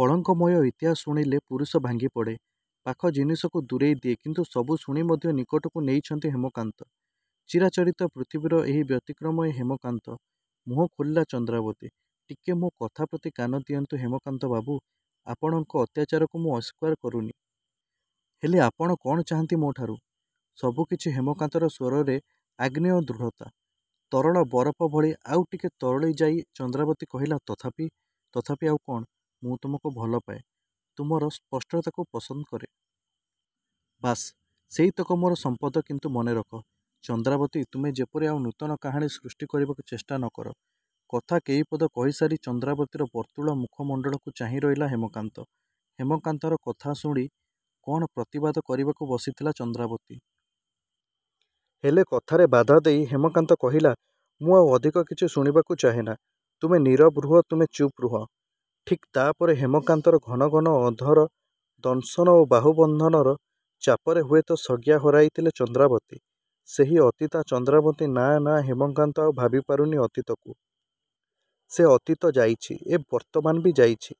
କଳଙ୍କମୟ ଇତିହାସ ଶୁଣିଲେ ପୁରୁଷ ଭାଙ୍ଗିପଡ଼େ। ପାଖ ଜିନିଷକୁ ଦୂରେଇ ଦିଏ କିନ୍ତୁ ସବୁ ଶୁଣି ମଧ୍ୟ ନିକଟକୁ ନେଇଛନ୍ତି ହେମକାନ୍ତ। ଚିରାଚରିତ ପୃଥିବୀର ଏକ ବ୍ୟତିକ୍ରମ ଏ ହେମକାନ୍ତ ମୁହଁ ଖୋଲିଲା ଚନ୍ଦ୍ରାବତୀ ଟିକେ ମୋ କଥା ପ୍ରତି କାନ ଦିଅନ୍ତୁ ହେମକାନ୍ତ ବାବୁ। ଆପଣଙ୍କ ଅତ୍ୟାଚାରକୁ ମୁଁ ଅସ୍ୱୀକାର କରୁନି। ହେଲେ ଆପଣ କଣ ଚାହାଁନ୍ତି ମୋ ଠାରୁ ସବୁକିଛି ହେମକାନ୍ତର ସ୍ୱରରେ ଆଗ୍ନେୟ ଦୃଢ଼ତା। ତରଳ ବରଫ ଭଳି ଆଉ ଟିକେ ତରଳି ଯାଇ ଚନ୍ଦ୍ରାବତୀ କହିଲା ତଥାପି, ତଥାପି ଆଉ କଣ ମୁଁ ତୁମକୁ ଭଲ ପାଏ। ତୁମର ସ୍ପଷ୍ଟତାକୁ ପସନ୍ଦ କରେ। ବାସ୍ ସେଇତକ ମୋର ସମ୍ପଦ କିନ୍ତୁ ମନେରଖ ଚନ୍ଦ୍ରାବତୀ ତୁମେ ଯେପରି ଆଉ ନୂତନ କାହାଣୀ ସୃଷ୍ଟି କରିବାକୁ ଚେଷ୍ଟା ନ କର କଥା କେଇପଦ କହିସାରି ଚନ୍ଦ୍ରାବତୀର ବର୍ତ୍ତୁଳ ମୁଖ ମଣ୍ଡଳକୁ ଚାହିଁରହିଲା ହେମକାନ୍ତ। ହେମକାନ୍ତର କଥା ଶୁଣି କ'ଣ ପ୍ରତିବାଦ କରିବାକୁ ବସିଥିଲା ଚନ୍ଦ୍ରାବତୀ। ହେଲେ କଥାରେ ବାଧା ଦେଇ ହେମକାନ୍ତ କହିଲା ମୁଁ ଆଉ ଅଧିକ କିଛି ଶୁଣିବାକୁ ଚାହେଁନା ତୁମେ ନୀରବ ରୁହ, ତୁମେ ଚୁପ୍ ରୁହ। ଠିକ୍ ତାପରେ ହେମକାନ୍ତର ଘନ ଘନ ଅଧର ଦଂଶନ ଓ ବାହୁ ବନ୍ଧନର ଚାପରେ ହୁଏତ ସଜ୍ଞା ହରାଇଥିଲେ ଚନ୍ଦ୍ରାବତୀ ,ସେଇ ଅତୀତା ଚନ୍ଦ୍ରାବତୀ ନାଁ ନାଁ ହେମକାନ୍ତ ଆଉ ଭାବି ପାରୁନି ଅତୀତକୁ। ସେ ଅତୀତ ଯାଇଛି। ଏ ବର୍ତ୍ତମାନ ବି ଯାଇଛି।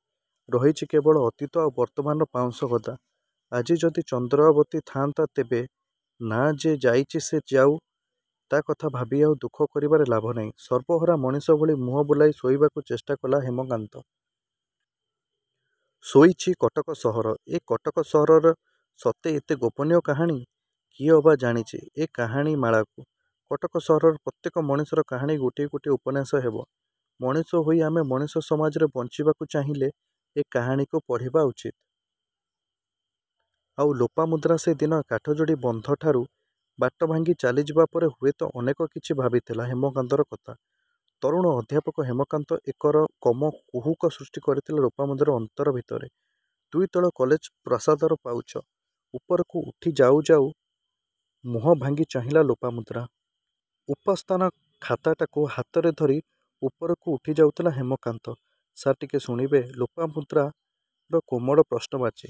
ରହିଛି କେବଳ ଅତୀତ ଆଉ ବର୍ତ୍ତମାନର ପାଉଁଶ ଗଦା। ଆଜି ଯଦି ଚନ୍ଦ୍ରାବତୀ ଥାଆନ୍ତା, ତେବେ ନାଁ, ଯେ ଯାଇଛି ସେ ଯାଉ। ତା କଥା ଭାବି ଆଉ ଦୁଃଖ କରିବାରେ ଲାଭ ନାହିଁ। ସର୍ବହରା ମଣିଷ ଭଳି ମୁହଁ ବୁଲାଇ ଶୋଇବାକୁ ଚେଷ୍ଟାକଲା ହେମକାନ୍ତ। ଶୋଇଛି କଟକ ସହର। ଏ କଟକ ସହରର ସତେ ଏତେ ଗୋପନୀୟ କାହାଣୀ କିଏ ଅବା ଜାଣିଛି ଏ କାହାଣୀ ମାଳାକୁ। କଟକ ସହରର ପ୍ରତ୍ୟେକ ମଣିଷର କାହାଣୀ ଗୋଟିଏ ଗୋଟିଏ ଉପନ୍ୟାସ ହେବ। ମଣିଷ ହୋଇ ଆମେ ମଣିଷ ସମାଜରେ ବଞ୍ଚିବାକୁ ଚାହିଁଲେ ଏ କାହାଣୀକୁ ପଢ଼ିବା ଉଚିତ। ଆଉ ଲୋପାମୁଦ୍ରା ସେ ଦିନ କାଠଯୋଡ଼ି ବନ୍ଧଠାରୁ ବାଟଭାଙ୍ଗି ଚାଲିଯିବା ପରେ ହୁଏତ ଅନେକ କିଛି ଭାବିଥିଲା ହେମକାନ୍ତର କଥା। ତରୁଣ ଅଧ୍ୟାପକ ହେମକାନ୍ତ ଏକରକମ କୁହୁକ ସୃଷ୍ଟି କରିଥିଲା ଲୋପାମୁଦ୍ରାର ଅନ୍ତର ଭିତରେ। ଦ୍ୱିତଳ କଲେଜ ପ୍ରାସାଦର ପାଉଛ। ଉପରକୁ ଉଠି ଯାଉ ଯାଉ ମୁହଁ ଭାଙ୍ଗି ଚାହିଁଲା ଲୋପାମୁଦ୍ରା। ଉପସ୍ଥାନ ଖାତାଟାକୁ ହାତରେ ଧରି ଉପରକୁ ଉଠିଯାଥିଲା ହେମକାନ୍ତ। ସାର୍, ଟିକେ ଶୁଣିବେ ଲୋପାମୁଦ୍ରାର କୋମଳ ପ୍ରଶ୍ନବାଚୀ।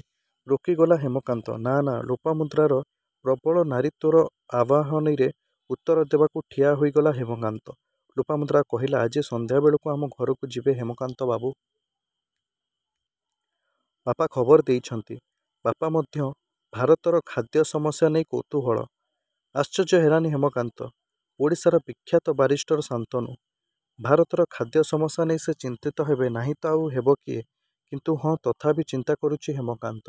ରୋକିଗଲା ହେମକାନ୍ତ, ନାଁ ନାଁ ଲୋପାମୁଦ୍ରାର ପ୍ରବଳ ନାରିତ୍ୱର ଆବାହନୀରେ ଉତ୍ତର ଦେବାକୁ ଠିଆ ହୋଇଗଲା ହେମକାନ୍ତ। ଲୋପାମୁଦ୍ରା କହିଲା ଆଜି ସନ୍ଧ୍ୟାବେଳକୁ ଆମ ଘରକୁ ଯିବେ ହେମକାନ୍ତ ବାବୁ। ବାପା ଖବର ଦେଇଛନ୍ତି। ବାପା ମଧ୍ୟ ଭାରତର ଖାଦ୍ୟ ସମସ୍ୟା ନେଇ କୌତୂହଳ। ଆଶ୍ଚର୍ଯ୍ୟ ହେଲାନି ହେମକାନ୍ତ। ଓଡ଼ିଶାର ବିଖ୍ୟାତ ବାରିଷ୍ଟର ଶାନ୍ତନୁ। ଭାରତର ଖାଦ୍ୟ ସମସ୍ୟା ନେଇ ସେ ଚିନ୍ତିତ ହେବେ ନାହିଁ ତ ଆଉ ହେବ କିଏ କିନ୍ତୁ ହଁ ତଥାପି ଚିନ୍ତା କରୁଛି ହେମକାନ୍ତ।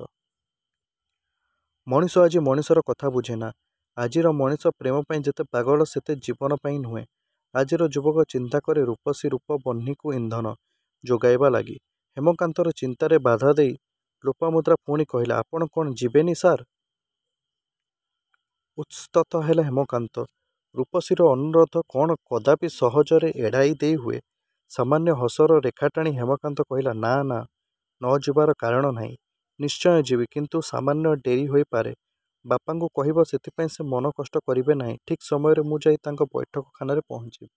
ମଣିଷ ଆଜି ମଣିଷର କଥା ବୁଝେନା। ଆଜିର ମଣିଷ ପ୍ରେମପାଇଁ ଯେତେ ପାଗଳ ସେତେ ଜୀବନ ପାଇଁ ନୁହେଁ, ଆଜିର ଯୁବକ ଚିନ୍ତା କରେ ରୂପସୀ ରୂପ ବହ୍ନିକୁ ଇନ୍ଧନ ଯୋଗାଇବା ଲାଗି। ହେମକାନ୍ତର ଚିନ୍ତାରେ ବାଧାଦେଇ ଲୋପାମୁଦ୍ରା ପୁଣି କହିଲା ଆପଣ କଣ ଯିବେନି ସାର୍? ଉତସ୍ତତଃ ହେଲା ହେମକାନ୍ତ। ରୂପସୀର ଅନୁରୋଧ କଣ କଦାପି ସହଜରେ ଏଡ଼ାଇ ଦେଇ ହୁଏ ସାମାନ୍ୟ ହସର ରେଖାଟାଣି ହେମକାନ୍ତ କହିଲା ନାଁ ନାଁ ନ ଯିବାର କାରଣ ନାହିଁ। ନିଶ୍ଚୟ ଯିବି କିନ୍ତୁ ସାମାନ୍ୟ ଡ଼େରି ହୋଇପାରେ। ବାପାଙ୍କୁ କହିବ ସେଥିପାଇଁ ସେ ମନ କଷ୍ଟ କରିବେ ନାହିଁ। ଠିକ୍ ସମୟରେ ମୁଁ ଯାଇ ତାଙ୍କ ବୈଠକ ଖାନାରେ ପହଞ୍ଚିବି।